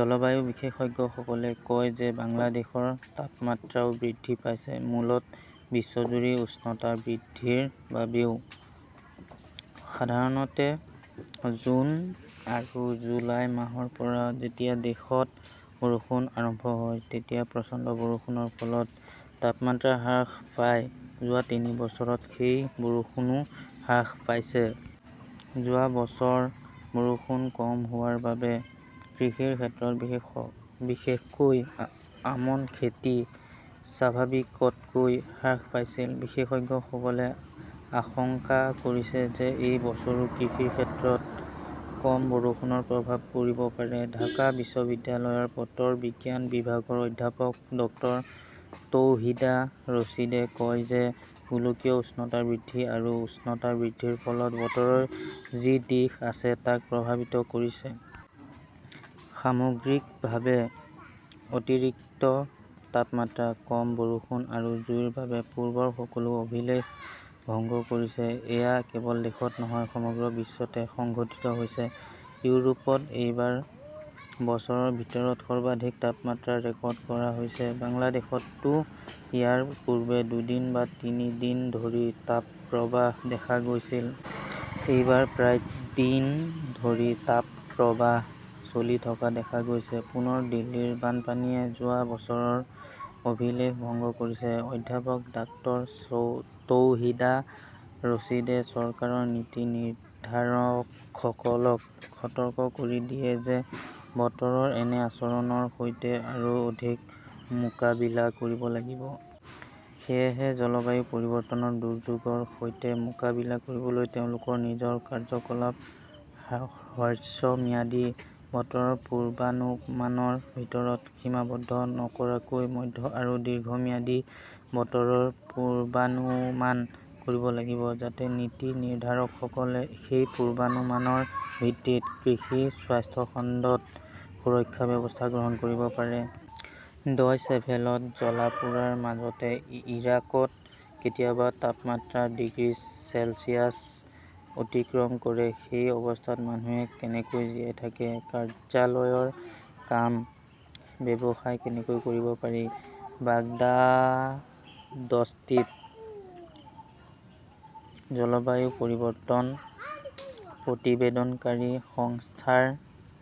জলবায়ু বিশেষজ্ঞসকলে কয় যে বাংলাদেশৰ তাপমাত্ৰাও বৃদ্ধি পাইছে, মূলতঃ বিশ্বজুৰি উষ্ণতা বৃদ্ধিৰ বাবেই। সাধাৰণতে জুন আৰু জুলাই মাহৰ পৰাই যেতিয়া দেশত বৰষুণ আৰম্ভ হয়, তেতিয়া প্ৰচণ্ড বৰষুণৰ ফলত তাপমাত্ৰা হ্ৰাস পায়। যোৱা তিনি বছৰত সেই বৰষুণো হ্ৰাস পাইছে। যোৱা বছৰ বৰষুণ কম হোৱাৰ বাবে কৃষিৰ ক্ষেত্ৰত, বিশেষকৈ আমন খেতি, স্বাভাৱিকতকৈ হ্ৰাস পাইছিল। বিশেষজ্ঞসকলে আশংকা কৰিছে যে এই বছৰো কৃষিৰ ক্ষেত্ৰত কম বৰষুণৰ প্ৰভাৱ পৰিব পাৰে। ঢাকা বিশ্ববিদ্যালয়ৰ বতৰ বিজ্ঞান বিভাগৰ অধ্যাপক ডক্টৰ তৌহিদা ৰছিদে কয় যে গোলকীয় উষ্ণতা বৃদ্ধি আৰু উষ্ণতা বৃদ্ধিৰ ফলত বতৰৰ যি দিশ আছে, তাক প্ৰভাৱিত কৰিছে। সামগ্ৰিকভাৱে, অতিৰিক্ত তাপমাত্ৰা, কম বৰষুণ আৰু জুইৰ বাবে পূৰ্বৰ সকলো অভিলেখ ভংগ কৰিছে। এয়া কেৱল দেশত নহয়, সমগ্ৰ বিশ্বতে সংঘটিত হৈছে। ইউৰোপত এইবাৰ বছৰৰ ভিতৰত সৰ্বাধিক তাপমাত্ৰা ৰেকৰ্ড কৰা হৈছে। বাংলাদেশতো ইয়াৰ পূৰ্বে দুদিন বা তিনি দিন ধৰি তাপপ্ৰবাহ দেখা গৈছিল। এইবাৰ প্ৰায় দিন ধৰি তাপপ্ৰবাহ চলি থকা দেখা গৈছে। পুনৰ দিল্লীৰ বানপানীয়ে যোৱা বছৰৰ অভিলেখ ভংগ কৰিছে। অধ্যাপক ডাক্তৰ তৌহিদা ৰছিদে চৰকাৰৰ নীতি নিৰ্ধাৰকসকলক সতৰ্ক কৰি দিয়ে যে বতৰৰ এনে আচৰণৰ সৈতে আৰু অধিক মোকাবিলা কৰিব লাগিব। সেয়েহে, জলবায়ু পৰিৱৰ্তনৰ দুৰ্যোগৰ সৈতে মোকাবিলা কৰিবলৈ তেওঁলোকৰ নিজৰ কাৰ্যকলাপ হ্ৰস্বম্যাদী বতৰৰ পূৰ্বানুমানৰ ভিতৰত সীমাবদ্ধ নকৰাকৈ মধ্য আৰু দীৰ্ঘম্যাদী বতৰৰ পূৰ্বানুমান কৰিব লাগিব, যাতে নীতি নিৰ্ধাৰকসকলে সেই পূৰ্বানুমানৰ ভিত্তিত কৃষি, স্বাস্থ্য খণ্ডত সুৰক্ষা ব্যৱস্থা গ্ৰহণ কৰিব পাৰে। ডয়চেভেলত জ্বলা-পোৰাৰ মাজতে ইৰাকত কেতিয়াবা তাপমাত্ৰা ডিগ্ৰী চেলছিয়াছ অতিক্ৰম কৰে। সেই অৱস্থাত মানুহে কেনেকৈ জীয়াই থাকে? কাৰ্যালয়ৰ কাম, ব্যৱসায় কেনেকৈ কৰিব পাৰি? বাগদাদস্থিত জলবায়ু পৰিৱৰ্তন প্ৰতিবেদনকাৰী সংস্থাৰ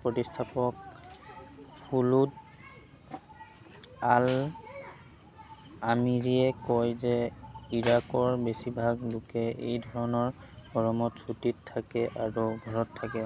প্ৰতিষ্ঠাপক খোলুদ আল-আমিৰীয়ে কয় যে ইৰাকৰ বেছিভাগ লোকে এই ধৰণৰ গৰমত ছুটীত থাকে আৰু ঘৰত থাকে।